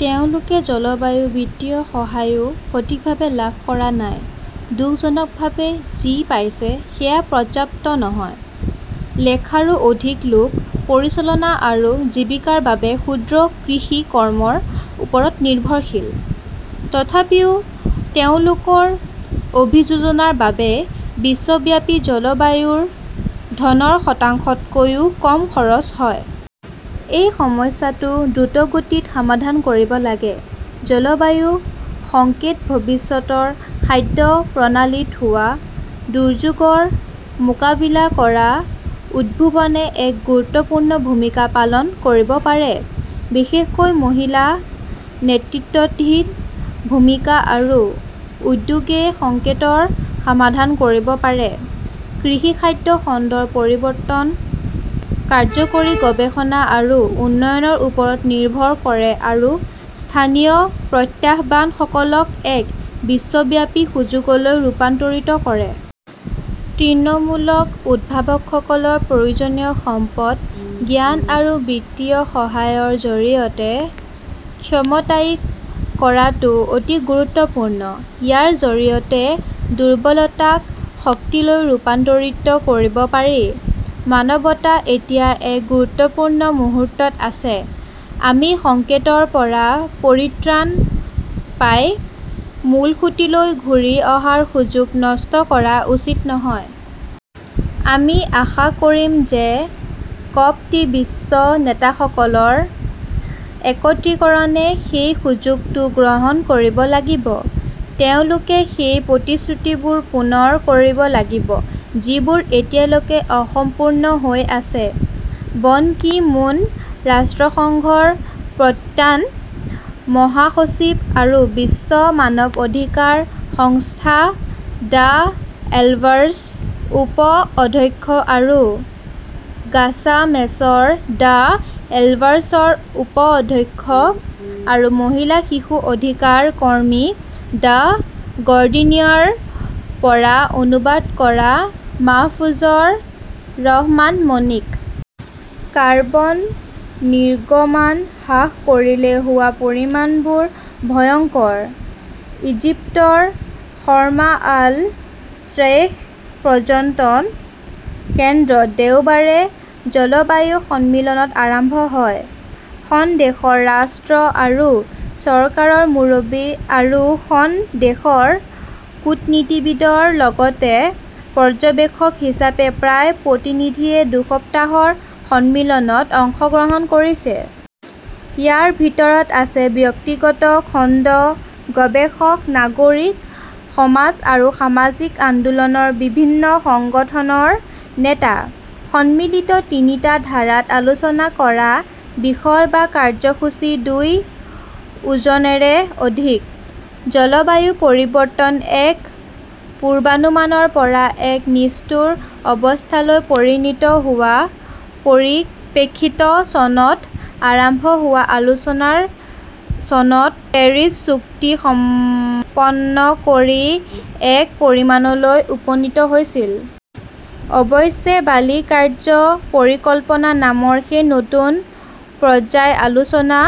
তেওঁলোকে জলবায়ু বিত্তীয় সহায়ও সঠিকভাৱে লাভ কৰা নাই। দুখজনকভাৱে যি পাইছো সেয়া পৰ্যাপ্ত নহয়। লাখৰো অধিক লোক পৰিচালনা আৰু জীৱিকাৰ বাবে ক্ষুদ্ৰ কৃষি ফাৰ্মৰ ওপৰত নিৰ্ভৰশীল। তথাপিও তেওঁলোকৰ অভিযোজনৰ বাবে বিশ্বব্যাপী জলবায়ুৰ ধনৰ শতাংশতকৈও কম খৰচ হয়। এই সমস্যাটো দ্ৰুতগতিত সমাধান কৰিব লাগিব। জলবায়ু সংকটত ভৱিষ্যতৰ খাদ্য প্ৰণালীত হোৱা দুৰ্যোগৰ মোকাবিলা কৰাত উদ্ভাৱনে এক গুৰুত্বপূৰ্ণ ভূমিকা পালন কৰিব পাৰে। বিশেষকৈ মহিলা নেতৃত্বাধীন ভূমিকা আৰু উদ্যোগই সংকটৰ সমাধান কৰিব পাৰে। কৃষি-খাদ্য খণ্ডৰ পৰিৱৰ্তন কাৰ্যকৰী গৱেষণা আৰু উন্নয়নৰ ওপৰত নিৰ্ভৰ কৰে আৰু স্থানীয় প্ৰত্যাহ্বানসমূহক এক বিশ্বব্যাপী সুযোগলৈ ৰূপান্তৰিত কৰে। তৃণমূলৰ উদ্ভাৱকসকলক প্ৰয়োজনীয় সম্পদ, জ্ঞান আৰু বিত্তীয় সহায়ৰ জৰিয়তে ক্ষমতায়িত কৰাটো অতি গুৰুত্বপূৰ্ণ। ইয়াৰ জৰিয়তে দুৰ্বলতাক শক্তিলৈ ৰূপান্তৰিত কৰিব পাৰি। মানৱতা এতিয়া এক গুৰুত্বপূৰ্ণ মুহূৰ্তত আছে। আমি সংকটৰ পৰা পৰিত্ৰাণ পাই মূলসুঁতিলৈ ঘূৰি অহাৰ সুযোগ নষ্ট কৰা উচিত নহয়। আমি আশা কৰিম যে কপ -ত বিশ্ব নেতাসকলৰ একত্ৰীকৰণে সেই সুযোগটো গ্ৰহণ কৰিব লাগিব। তেওঁলোকে সেই প্ৰতিশ্ৰুতিবোৰ পূৰণ কৰিব লাগিব যিবোৰ এতিয়ালৈকে অসম্পূৰ্ণ হৈ আছে। বান কি মুনঃ ৰাষ্ট্ৰসংঘৰ প্ৰাক্তন মহাসচিব আৰু বিশ্ব মানৱ অধিকাৰ সংস্থা দ্য এল্ডাৰ্ছৰ উপ-অধ্যক্ষ আৰু গাৰ্ছা মেচেলঃ দ্য এল্ডাৰ্ছৰ উপ-অধ্যক্ষ আৰু মহিলা-শিশু অধিকাৰ কৰ্মী; দ্য গাৰ্ডিয়ানৰ পৰা অনুবাদ কৰা মাহফুজুৰ ৰহমান মাণিক। কাৰ্বন নিৰ্গমন হ্ৰাস নকৰিলে হোৱা পৰিণামবোৰ ভয়ংকৰ ইজিপ্তৰ শৰ্ম আল-শ্বেইখ পৰ্যটন কেন্দ্ৰত দেওবাৰে জলবায়ু সন্মিলন আৰম্ভ হয়। খন দেশৰ ৰাষ্ট্ৰ আৰু চৰকাৰৰ মুৰব্বী আৰু খন দেশৰ কূটনীতিবিদৰ লগতে পৰ্যবেক্ষক হিচাপে প্ৰায় প্ৰতিনিধিয়ে দুসপ্তাহৰ সন্মিলনত অংশগ্ৰহণ কৰিছে। ইয়াৰ ভিতৰত আছে ব্যক্তিগত খণ্ড, গৱেষক, নাগৰিক সমাজ আৰু সামাজিক আন্দোলনৰ বিভিন্ন সংগঠনৰ নেতা। সন্মিলনত তিনিটা ধাৰাত আলোচনা কৰা বিষয় বা কাৰ্যসূচী দুই ডজনৰো অধিক। জলবায়ু পৰিৱৰ্তন এক পূৰ্বানুমানৰ পৰা এক নিষ্ঠুৰ বাস্তৱলৈ পৰিণত হোৱাৰ পৰিপ্ৰেক্ষিতত চনত আৰম্ভ হোৱা আলোচনা চনত পেৰিছ চুক্তি সম্পন্ন কৰি এক পৰিণামলৈ উপনীত হৈছিল। অৱশ্যে বালি কাৰ্য্য পৰিকল্পনা নামৰ সেই নতুন পৰ্যায়ৰ আলোচনা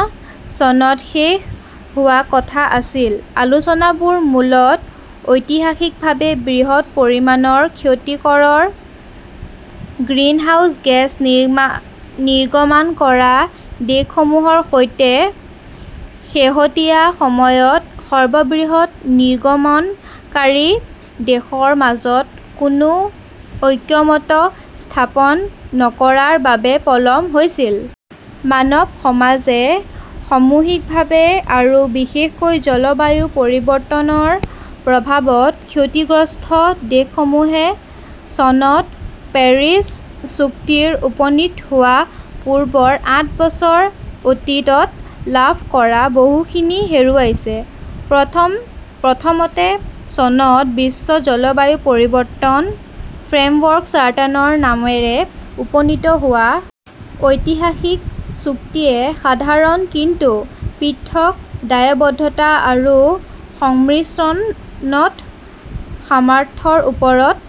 চনত শেষ হোৱাৰ কথা আছিল। আলোচনাবোৰ মূলতঃ ঐতিহাসিকভাৱে বৃহৎ পৰিমাণৰ ক্ষতিকাৰক গ্ৰিনহাউজ গেছ নিৰ্গমন কৰা দেশসমূহৰ সৈতে শেহতীয়া সময়ত সৰ্ববৃহৎ নিৰ্গমনকাৰী দেশসমূহৰ মাজত কোনো ঐক্যমত্য স্থাপন নকৰাৰ বাবে পলম হৈছিল। মানৱ সমাজে সামূহিকভাৱে আৰু বিশেষকৈ জলবায়ু পৰিৱৰ্তনৰ প্ৰভাৱত ক্ষতিগ্ৰস্ত দেশসমূহে চনত পেৰিছ চুক্তিত উপনীত হোৱাৰ পূৰ্বৰ আঠ বছৰত অতীতত লাভ কৰা বহুখিনি হেৰুৱাইছে। প্ৰথমতে, চনত বিশ্ব জলবায়ু পৰিৱৰ্তন ফ্ৰেমৱৰ্ক চাৰ্টাৰ নামেৰে উপনীত হোৱা ঐতিহাসিক চুক্তিয়ে সাধাৰণ কিন্তু পৃথক দায়বদ্ধতা আৰু সংমিশ্ৰিত সামৰ্থ্যৰ ওপৰত